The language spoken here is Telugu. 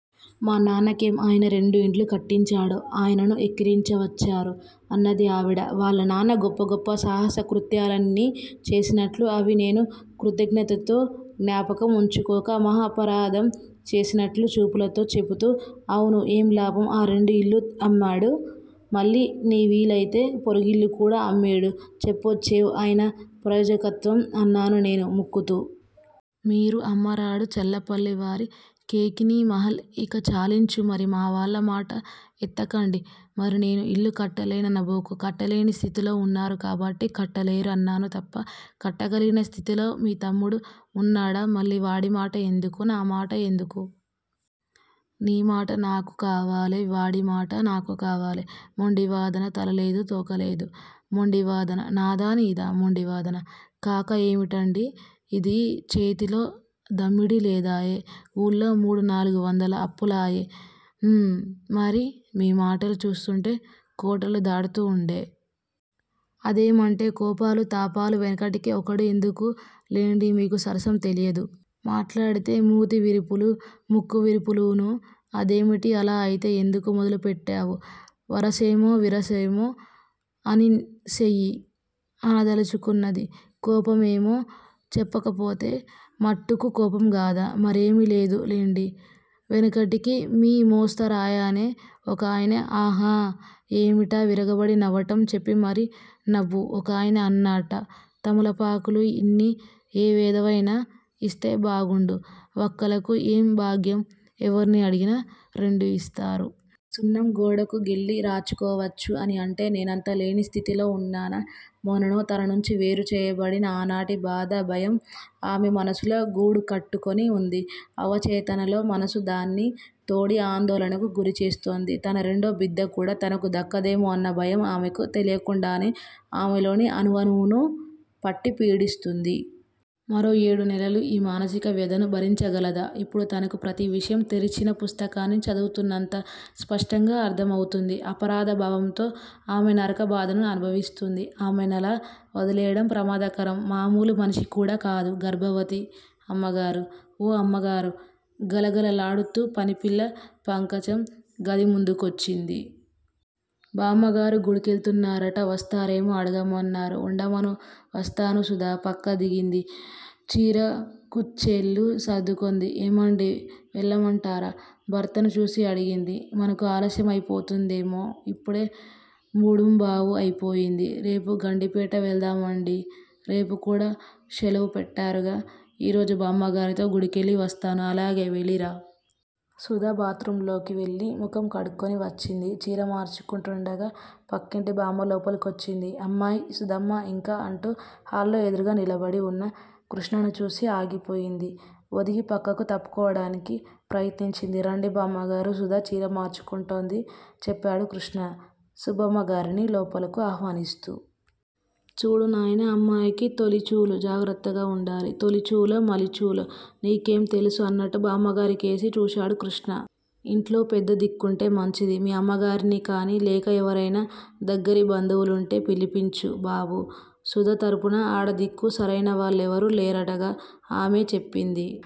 మా నాన్న కేం, ఆయన రెండు ఇండ్లు కట్టించాడు. ఆయనను ఎక్కిరించవచ్చారు అన్నది ఆవిడ. వాళ్ళనాన్న గొప్ప గొప్ప సాహసకృత్యాలన్నీ చేసినట్లూ, అవి నేను కృతజ్ఞతతో జ్ఞాపకం ఉంచుకోక మహాపరాధం చేసినట్లూ, చూపులతో చెపుతూ. అవును. ఏం లాభం, ఆ రెండు ఇళ్ళూ అమ్మాడు మళ్ళీనీ వీలైతే పొరుగిల్లుకూడా అమ్మేడు, చెప్పొచ్చేవు ఆయన ప్రయోజకత్వం, అన్నాను నేను ముక్కుతూ. మీరు అమ్మరాడు చల్లపల్లి వారి కేకినీమహల్ ఇక చాలించు మరి మా వాళ్ళమాట ఎత్తకండి, మరి నేను ఇల్లు కట్టలే ననబోకు కట్టలేని స్థితిలో ఉన్నారు కాబట్టి కట్టలేరు అన్నాను. తప్పా! కట్టగలిగిన స్థితిలో మీ తమ్ముడు ఉన్నాడా? మళ్ళీ వాడిమాట ఎందుకూ నామాట ఎందుకూ? మీమాట నాకు కావాలె వాడిమాట నాకూ కావాలె మొండివాదన, తలలేదు, తోకా లేదూ! మొండి వాదన నాదా నీదా? మొండివాదన కాక ఏమటండీ ఇదీ? చేతిలో దమ్మిడీ లేదాయె, ఊళ్ళో మూడు నాలుగు వందల అప్పులాయె, మ్, మరి మీ మాటలు చూస్తుంటే కోటలు దాటుతూ ఉండె. అదేమంటే కోపాలూ తాపాలూ, వెనకటికి ఒకడూ ఎందుకు లెండి, మీకు సరసం తెలియదు. మాట్లాడితే మూతివిరుపులూ ముక్కువిరుపులూనూ. అదేమిటి? అలా అయితే ఎందుకు మొదలు పెట్టావూ వరసమో విరసమో అన్ సెయ్యి. అనదలచుకున్నది. కోపమేమో? చెప్పకపోతే మట్టుకు కోపంగాదా? మరేమి లేదు లెండి వెనకటికి మీ మోస్త రాయనే ఒకాయన ఆహా__ఏమిటా విరగబడి నవ్వటం చెప్పి మరీ నవ్వు ఒకాయన అన్నాట్టా తమలపాకులూ ఇన్ని ఏ వెధవైనా ఇస్తే బాగుండూ, వక్కలకు ఏం భాగ్యం ఎవర్ని అడిగినా, రెండు ఇస్తారు. సున్నం గోడకు గిల్లి రాచుకోవచ్చూ, అనీ అంటే నేనంత లేనిస్థితిలో ఉన్నానా! మోనోను తననుంచి వేరుచేయబడిన ఆనాటి బాధ, భయం, ఆమె మనసులో గూడుకట్టుకొని వుంది. అవచేతనలో మనసు దాన్ని తోడి ఆందోళనకు గురిచేస్తూంది. తన రెండో బిద్దకూడా తనకు దక్కదేమో అన్నభయం ఆమెకు తెలియకుండానే ఆమెలోని అణువణువునూ పట్టి పీడిస్తూంది. మరో ఏడునెలలు ఈ మానసిక వ్యధను భరించగలదా? ఇప్పుడు తనకు ప్రతివిషయం తెరిచిన పుస్తకాన్ని చదువుతున్నంత స్పష్టంగా అర్ధమౌతుంది. అపరాధ భావంతో ఆమె నరక బాధను అనుభవిస్తూంది. ఆమెనలా వదిలెయ్యడం ప్రమాదకరం. మామూలు మనిషి కూడా కాదు__గర్భవతి- అమ్మగారూ! ఓ అమ్మగారూ! గలగలలాడుతూ పనిపిల్ల పంకజం గదిముందుకొచ్చింది. బామ్మగారు గుడికెళుతున్నారట? వస్తారేమో అడగమన్నారు. ఉండమను వస్తాను. సుధ పక్క దిగింది. చీరకుచ్చెళ్ళు సర్దుకొంది. ఏమండీ వెళ్ళమంటారా? భర్తను చూసి అడిగింది. మనకు ఆలస్యమైపోతుందేమో? ఇప్పుడే మూడుంబావు అయిపోయింది. రేపు గండిపేట వెళదామండీ! రేపుకూడా శెలవు పెట్టారుగా? ఈరోజు బామ్మగారితో గుడికెళ్ళి వస్తాను. అలాగే వెళ్ళిరా! సుధ బాత్ రూమ్ లోకి వెళ్ళి ముఖం కడుక్కొని వచ్చింది. చీరమార్చుకుంటూండగా పక్కింటి బామ్మ లోపలకొచ్చింది. అమ్మాయ్__సుధమ్మా__ఇంకా అంటూ హాల్లో ఎదురుగా నిలబడి వున్న కృష్ణను చూసి ఆగిపోయింది. ఒదిగి పక్కకు తప్పుకోవడానికి ప్రయత్నించింది. రండి బామ్మగారూ! సుధ చీర మార్చుకుంటోంది చెప్పాడు కృష్ణ సుబ్బమ్మగారిని లోపలకు ఆహ్వానిస్తూ. చూడు నాయనా! అమ్మాయికి తొలిచూలు. జాగ్రత్తగ ఉండాలి. తొలిచూలో, మలిచూలో, నీకేం తెలుసు? అన్నట్టు బామ్మగారి కేసి చూశాడు కృష్ణ. ఇంట్లో పెద్ద దిక్కుంటే మంచిది. మీ అమ్మగారినికానీ, లేక ఎవరైనా దగ్గర బంధువులుంటే పిలిపించు బాబూ. సుధ తరపున ఆడదిక్కు సరైనవాళ్ళెవరూ లేరటగా? ఆమే చెప్పింది.